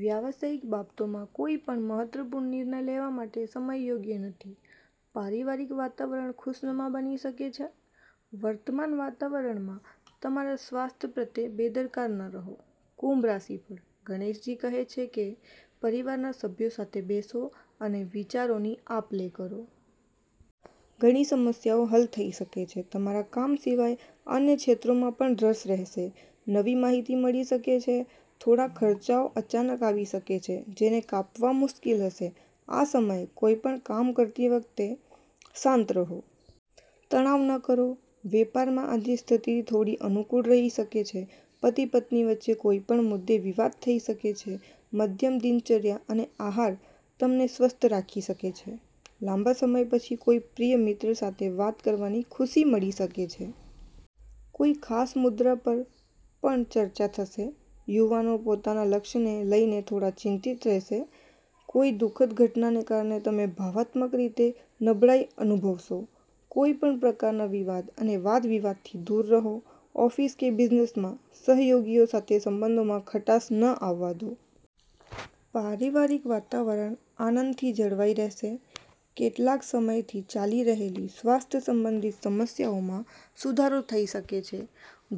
વ્યવસાયિક બાબતોમાં કોઈ મહત્વપૂર્ણ નિર્ણય લેવા માટે સમય યોગ્ય નથી. પારિવારિક વાતાવરણ ખુશનુમા બની શકે છે. વર્તમાન વાતાવરણમાં તમારા સ્વાસ્થ્ય પ્રત્યે બેદરકાર ન રહો. કુંભ રાશિફળ: ગણેશજી કહે છે કે પરિવારના સભ્યો સાથે બેસો અને વિચારોની આપ-લે કરો. ઘણી સમસ્યાઓ હલ થઈ શકે છે. તમારા કામ સિવાય અન્ય ક્ષેત્રોમાં પણ રસ રહેશે. નવી માહિતી મળી શકે છે. થોડા ખર્ચાઓ અચાનક આવી શકે છે, જેને કાપવા મુશ્કેલ હશે. આ સમયે, કોઈપણ કામ કરતી વખતે શાંત રહો. તણાવ ન કરો. વેપારમાં આજે સ્થિતિ થોડી અનુકૂળ રહી શકે છે. પતિ-પત્ની વચ્ચે કોઈ પણ મુદ્દે વિવાદ થઈ શકે છે. મધ્યમ દિનચર્યા અને આહાર તમને સ્વસ્થ રાખી શકે છે. લાંબા સમય પછી કોઈ પ્રિય મિત્ર સાથે વાત કરવાથી ખુશી મળી શકે છે. કોઈ ખાસ મુદ્દા પર પણ ચર્ચા થશે. યુવાનો પોતાના લક્ષ્યને લઈને થોડા ચિંતિત રહેશે. કોઈ દુઃખદ ઘટનાને કારણે તમે ભાવનાત્મક રીતે નબળાઈ અનુભવશો. કોઈપણ પ્રકારના વિવાદ અને વાદ-વિવાદથી દૂર રહો. ઓફિસ કે બિઝનેસમાં સહયોગીઓ સાથે સંબંધોમાં ખટાશ ન આવવા દો. પારિવારિક વાતાવરણ આનંદથી જળવાઈ રહેશે. કેટલાક સમયથી ચાલી રહેલી સ્વાસ્થ્ય સંબંધિત સમસ્યાઓમાં સુધારો થઈ શકે છે.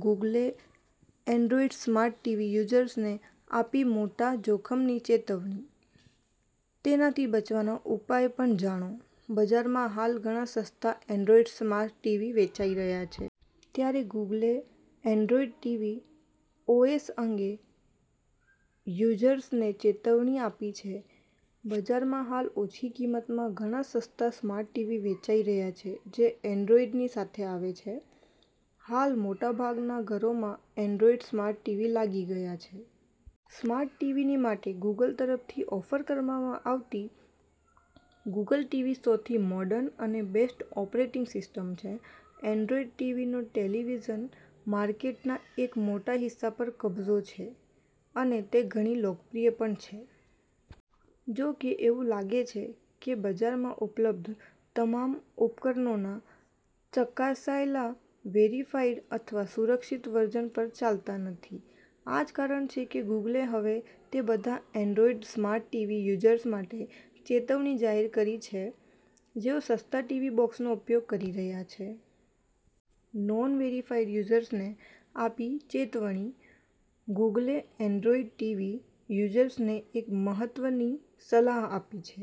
ગૂગલે એન્ડ્રોઇડ સ્માર્ટ ટીવી યુઝર્સને આપી મોટા જોખમની ચેતવણી, તેનાથી બચવાના ઉપાયો પણ જાણો: બજારમાં હાલ ઘણા સસ્તા એન્ડ્રોઇડ સ્માર્ટ ટીવી વેચાઇ રહ્યા છે. ત્યારે ગૂગલે એન્ડ્રોઇડ ટીવી ઓએસ અંગે યુઝર્સને ચેતવણી આપી છે. બજારમાં હાલ ઓછી કિંમતના ઘણા સસ્તા સ્માર્ટ ટીવી વેચાઇ રહ્યા છે જે એન્ડ્રોઇડની સાથે આવે છે. હાલ મોટાભાગના ઘરોમાં એન્ડ્રોઇડ સ્માર્ટ ટીવી લાગી ગયા છે. સ્માર્ટ ટીવીની માટે ગૂગલ તરફથી ઓફર કરવામાં આવતી ગુગલ ટીવી સૌથી મોર્ડન અને બેસ્ટ ઓપરેટિંગ સિસ્ટમ છે. એન્ડ્રોઇડ ટીવીનો ટેલીવીઝન માર્કેટના એક મોટા હિસ્સા પર કબજો છે અને તે ઘણી લોકપ્રિય પણ છે. જો કે એવું લાગે છે કે બજારમાં ઉપલબ્ધ તમામ ઉપકરણોના ચકાસાયેલા વેરિફાઇડ અથવા સુરક્ષિત વર્ઝન પર ચાલતા નથી. આ જ કારણ છે કે ગૂગલે હવે તે બધા એન્ડ્રોઇડ સ્માર્ટ ટીવી યુઝર્સ માટે ચેતવણી જાહેર કરી છે જેઓ સસ્તા ટીવી બોક્સનો ઉપયોગ કરી રહ્યા છે. નોન – વેરિફાઇડ યુઝર્સને આપી ચેતવણી ગૂગલે એન્ડ્રોઇડ ટીવી યુઝર્સને એક મહત્વની સલાહ આપી છે.